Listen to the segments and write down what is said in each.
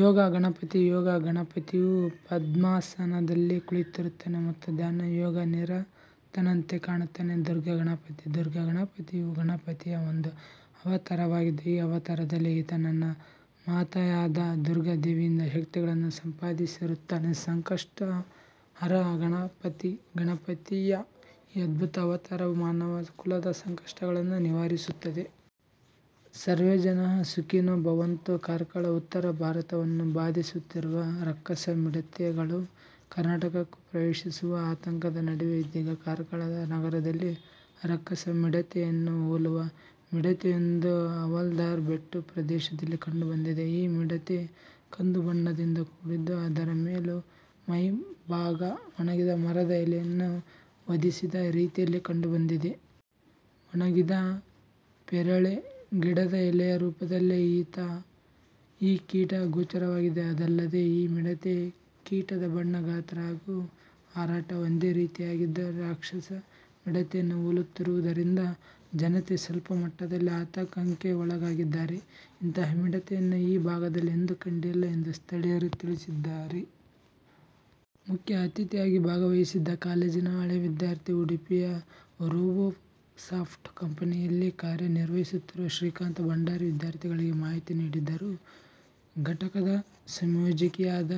ಯೋಗ ಗಣಪತಿ: ಯೋಗ ಗಣಪತಿಯು ಪದ್ಮಾಸನದಲ್ಲಿ ಕುಳಿತಿರುತ್ತಾನೆ ಮತ್ತು ಧ್ಯಾನ ಯೋಗ ನಿರತನಂತೆ ಕಾಣುತ್ತಾನೆ. ದುರ್ಗಾ ಗಣಪತಿ: ದುರ್ಗಾ ಗಣಪತಿಯು ಗಣಪತಿಯ ಒಂದು ಅವತಾರವಾಗಿದ್ದು, ಈ ಅವತಾರದಲ್ಲಿ ಈತ ತನ್ನ ಮಾತೆಯಾದ ದುರ್ಗಾ ದೇವಿಯಿಂದ ಶಕ್ತಿಗಳನ್ನು ಸಂಪಾದಿಸಿರುತ್ತಾನೆ. ಸಂಕಷ್ಟ ಹರ ಗಣಪತಿ: ಗಣಪತಿಯ ಈ ಅದ್ಭುತ ಅವತಾರವು ಮಾನವ ಕುಲದ ಸಂಕಷ್ಟಗಳನ್ನು ನಿವಾರಿಸುತ್ತದೆ. ಸರ್ವೇ ಜನಃ ಸುಖಿನೋ ಭವಂತು. ಕಾರ್ಕಳ: ಉತ್ತರ ಭಾರತವನ್ನು ಬಾಧಿಸುತ್ತಿರುವ ರಕ್ಕಸ ಮಿಡತೆಗಳು ಕರ್ನಾಟಕಕ್ಕೂ ಪ್ರವೇಶಿಸುವ ಆತಂಕದ ನಡುವೆ ಇದೀಗ ಕಾರ್ಕಳದ ನಗರದಲ್ಲಿ ರಕ್ಕಸ ಮಿಡತೆಯನ್ನೇ ಹೊಲುವ ಮಿಡತೆಯೊಂದು ಹವಾಲ್ದಾರ್ ಬೆಟ್ಟು ಪ್ರದೇಶದಲ್ಲಿ ಕಂಡು ಬಂದಿದೆ. ಈ ಮಿಡತೆ ಕಂದು ಬಣ್ಣದಿಂದ ಕೂಡಿದ್ದು ಅದರ ಮೇಲು ಮೈಭಾಗ ಒಣಗಿದ ಮರದ ಎಲೆಯನ್ನು ಹೊದಿಸಿದ ರೀತಿಯಲ್ಲಿ ಕಂಡು ಬಂದಿದೆ. ಒಣಗಿದ ಪೇರಳೆ ಗಿಡದ ಎಲೆಯ ರೂಪದಲ್ಲಿ ಈ ಕೀಟ ಗೋಚರವಾಗಿದೆ. ಅದಲ್ಲದೆ ಈ ಮಿಡತೆ ಕೀಟದ ಬಣ್ಣ ಗಾತ್ರ ಹಾಗೂ ಹಾರಾಟ ಒಂದೇ ರೀತಿಯಾಗಿದ್ದು ರಕ್ಷಸ ಮಿಡತೆಯನ್ನು ಹೋಲುತ್ತಿರುವುದರಿಂದ ಜನತೆ ಸ್ವಲ್ಪ ಮಟ್ಟದಲ್ಲಿ ಅತಂಕಕ್ಕೆ ಒಳಗಾಗಿದ್ದಾರೆ. ಇಂತಹ ಮಿಡತೆಯನ್ನು ಈ ಭಾಗದಲ್ಲಿ ಎಂದೂ ಕಂಡಿಲ್ಲ ಎಂದು ಸ್ಥಳೀಯರು ತಿಳಿಸಿದ್ದಾರೆ. ಮುಖ್ಯ ಅತಿಥಿಯಾಗಿ ಭಾಗವಹಿಸಿದ್ದ ಕಾಲೇಜಿನ ಹಳೆ ವಿದ್ಯಾರ್ಥಿ, ಉಡುಪಿಯ ರೋಬೋಸಾಫ್ಟ್ ಕಂಪೆನಿಯಲ್ಲಿ ಕಾರ್ಯ ನಿರ್ವಹಿಸುತ್ತಿರುವ ಶ್ರೀಕಾಂತ್ ಭಂಡಾರಿ ವಿದ್ಯಾರ್ಥಿಗಳಿಗೆ ಮಾಹಿತಿ ನೀಡಿದರು. ಘಟಕದ ಸಂಯೋಜಕಿಯಾದ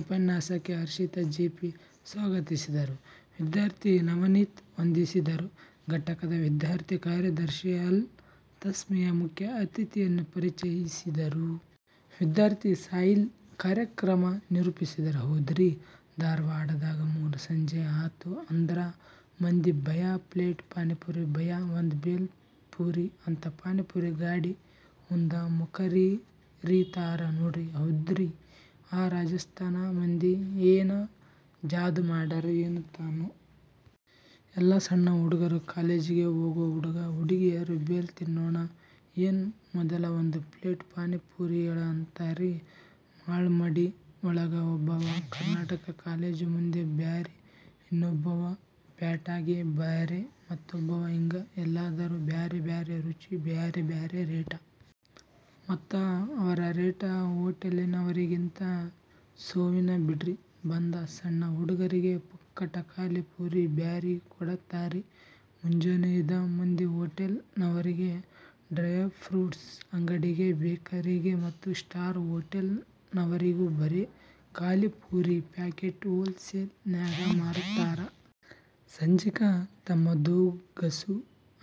ಉಪನ್ಯಾಸಕಿ ಹರ್ಷಿತಾ ಜಿ. ಪಿ. ಸ್ವಾಗತಿಸಿದರು. ವಿದ್ಯಾರ್ಥಿ ನವನೀತ್ ವಂದಿಸಿದರು. ಘಟಕದ ವಿದ್ಯಾರ್ಥಿ ಕಾರ್ಯದರ್ಶಿ ಅಲ್-ತಸ್ಮೀಯ ಮುಖ್ಯ ಅತಿಥಿಯನ್ನು ಪರಿಚಯಿಸಿದರು. ವಿದ್ಯಾರ್ಥಿ ಸಾಹಿಲ್ ಕಾರ್ಯಕ್ರಮ ನಿರೂಪಿಸಿದರು. ಹೌದ್ರೀ, ಧಾರವಾಡದಾಗ ಮೂರು ಸಂಜೆ ಆತು ಅಂದ್ರ ಮಂದಿ ಭಯ್ಯಾ ಪ್ಲೇಟ್ ಪಾನಿಪುರಿ. ಭಯ್ಯಾ ಒಂದು ಭೇಲ್ ಪುರಿ ಅಂತ ಪಾನಿಪುರಿ ಗಾಡಿ ಮುಂದ ಮುಕರಿರತಾರ ನೋಡ್ರಿ. ಹೌದ್ರೀ, ಆ ರಾಜಸ್ತಾನ ಮಂದಿ ಏನ ಜಾದೂ ಮಾಡ್ಯಾರೊ ಏನ ತಾನೋ. ಎಲ್ಲಾ ಸಣ್ಣ ಹುಡುಗರು ಕಾಲೇಜಗೆ ಹೋಗೂ ಹುಡುಗ ಹುಡುಗೀರೂ ಭೇಲ್ ತಿನ್ನೋಣ ಏನ್, ಮೊದಲ ಒಂದ ಪ್ಲೇಟ್ ಪಾನಿಪುರಿ ಹೇಳ ಅಂತಾರ್ರಿ. ಮಾಳಮಡ್ಡಿ ಒಳಗ ಒಬ್ಬವ, ಕರ್ನಾಟಕ ಕಾಲೇಜು ಮುಂದ ಬ್ಯಾರೆ ಇನ್ನೊಬ್ಬವ. ಪ್ಯಾಟ್ಯಾಗ ಬ್ಯಾರೆ ಮತ್ತೊಬ್ಬವ ಹಿಂಗ ಎಲ್ಲಾದರೂ ಬ್ಯಾರೆ ಬ್ಯಾರೆ ರುಚಿ, ಬ್ಯಾರೇ ಬ್ಯಾರೇ ರೇಟ. ಮತ್ತ ಅವರ ರೇಟ ಹೊಟೇಲನವರಿಗಿಂತ ಸೋವಿನ ಬಿಡ್ರಿ. ಬಂದ ಸಣ್ಣ ಹುಡುಗರಿಗೆ ಪುಕ್ಕಟ ಖಾಲಿ ಪುರಿ ಬ್ಯಾರೆ ಕೊಡತಾರ್ರಿ. ಮುಂಜಾನೆ ಇದ ಮಂದಿ ಹೊಟೇಲ್ ನವರಿಗೆ, ಡ್ರಯ್ ಫ್ರುಟ್ಸ್ ಅಂಗಡಿಗೆ, ಬೇಕರಿಗೆ ಮತ್ತ ಸ್ಟಾರ್ ಹೋಟೆಲ್ನನವರಿಗೂ ಬರೇ ಖಾಲಿಪುರಿ ಪ್ಯಾಕೆಟ್ ಹೋಲ್ ಸೇಲ್ ನ್ಯಾಗ ಮಾರತಾರ. ಸಂಜಿಕ ತಮ್ಮ ದೂಗಸು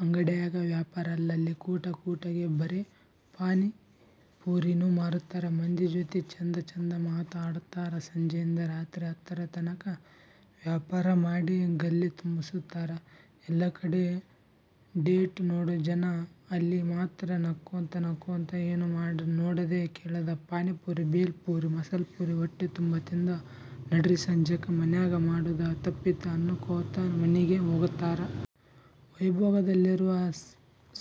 ಅಂಗಡ್ಯಾಗ ವ್ಯಾಪಾರ. ಅಲ್ಲಲ್ಲಿ ಕೂಟ ಕೂಟಗೆ ಬರೇ ಪಾನೀಪುರಿನೂ ಮಾರತಾರ. ಮಂದಿ ಜೊತೆ ಚೆಂದ ಚೆಂದ ಮಾತ ಆಡತಾರ. ಸಂಜೆಯಿಂದ ರಾತ್ರಿ ಹತ್ತರತನಕ ವ್ಯಾಪಾರ ಮಾಡಿ ಗಲ್ಲೆ ತುಂಬಸ್ತಾರ ಎಲ್ಲಾ ಕಡೆ ಡೇಟ್ ನೋಡೊ ಜನ ಅಲ್ಲಿ ಮಾತ್ರ ನಕ್ಕೊತ ನಕ್ಕೊತ ಏನೂ ನೋಡದ ಕೇಳದ ಪಾನಿಪುರಿ ಬೇಲ್ ಪುರಿ, ಮಸಾಲಾ ಪುರಿ, ಹೊಟ್ಟೆ ತುಂಬ ತಿಂದ ನಡ್ರೀ ಸಂಜೆಕ್ಕ ಮನ್ಯಾಗ ಮಾಡೂದ ತಪ್ಪಿತ ಅನ್ನಕೋತ ಮನಿಗೆ ಹೋಗತಾರ. ವೈಭೋಗದಲ್ಲಿರುವ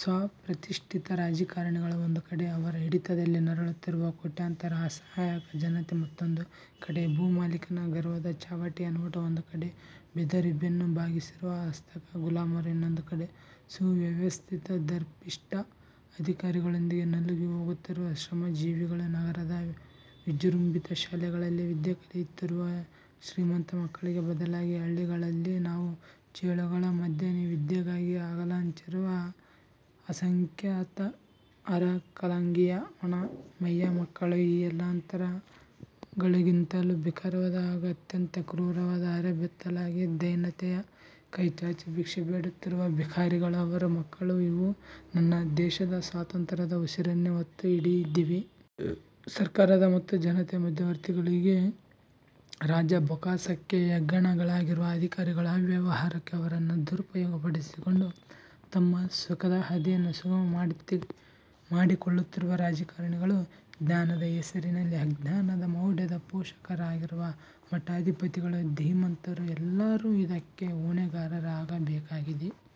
ಸ್ವಪ್ರತಿಷ್ಟಿತ ರಾಜಕಾರಣಿಗಳು ಒಂದು ಕಡೆ, ಅವರ ಹಿಡಿತದಲ್ಲಿ ನರಳುತ್ತಿರುವ ಕೋಟ್ಯಾಂತರ ಅಸಹಾಯಕ ಜನತೆ ಮತ್ತೊಂದು ಕಡೆ; ಭೂಮಾಲೀಕನ ಗರ್ವದ ಚಾವಟಿಯ ನೋಟ ಒಂದು ಕಡೆ; ಬೆದರಿ ಬೆನ್ನು ಬಾಗಿಸಿರುವ ಅಶಕ್ತ ಗುಲಾಮರು ಇನ್ನೊಂದು ಕಡೆ; ಸುವ್ಯವಸ್ಥಿತ ದರ್ಪಿಷ್ಟ ಆಧಿಕಾರಿಗಳೊಂದಿಗೆ ನಲುಗಿ ಹೋಗುತ್ತಿರುವ ಶ್ರಮಜೀವಿಗಳು; ನಗರದ ವಿಜೃಂಭಿತ ಶಾಲೆಗಳಲ್ಲಿ ವಿದ್ಯೆ ಕಲಿಯುತ್ತಿರುವ ಶ್ರೀಮಂತ ಮಕ್ಕಳಿಗೆ ಬದಲಾಗಿ ಹಳ್ಳಿಗಳಲ್ಲಿ ಹಾವು ಚೇಳುಗಳ ಮಧ್ಯೆ ವಿದ್ಯೆಗಾಗಿ ಆಂಗಲಾಚಿರುವ ಆಸಂಖ್ಯಾತ ಹರಕಲಂಗಿಯ ಒಣ ಮೈಯ ಮಕ್ಕಳು; ಈ ಎಲ್ಲ ಅಂತರಗಳಿಗಿಂತಲೂ ಭೀಕರವಾದ ಹಾಗೂ ಅತ್ಯಂತ ಕ್ರೂರವಾದ, ಅರೆಬೆತ್ತಲಾಗಿ ದೈನ್ಯತೆಯ ಕೈಚಾಚಿ ಭಿಕ್ಷೆ ಬೇಡುತ್ತಿರುವ ಭಿಕಾರಿಗಳು, ಅವರ ಮಕ್ಕಳು; ಇವು ನನ್ನದೇಶದ ಸ್ವಾತಂತ್ರ್ಯದ ಉಸಿರನ್ನೇ ಒತ್ತಿ ಹಿಡಿದಿವೆ. ಸರ್ಕಾರದ ಮತ್ತು ಜನತೆಯ ಮಧ್ಯವರ್ತಿಗಳಾಗಿ ರಾಜ ಬೊಕ್ಕಸಕ್ಕೆ ಹೆಗ್ಗಣಗಳಾಗಿರುವ ಅಧಿಕಾರಿಗಳು, ಅವ್ಯವಹಾರಕ್ಕೆ ಅವರನ್ನು ದುರುಪಯೋಗ ಪಡಿಸಿಕೊಂಡು ತಮ್ಮ ಸುಖದ ಹಾದಿಯನ್ನು ಸುಗಮ ಮಾಡಿಕೊಳ್ಳುತ್ತಿರುವ ರಾಜಕಾರಣಿಗಳು, ಜ್ಞಾನದ ಹೆಸರಿನಲ್ಲಿ ಅಜ್ಞಾನದ ಮೌಢ್ಯದ ಪೋಷಕರಾಗಿರುವ ಮಠಾಧಿಪತಿಗಳು, ಧೀಮಂತರು ಎಲ್ಲರೂ ಇದಕ್ಕೆ ಹೊಣೆಗಾರರಾಗಬೇಕಾಗಿದೆ.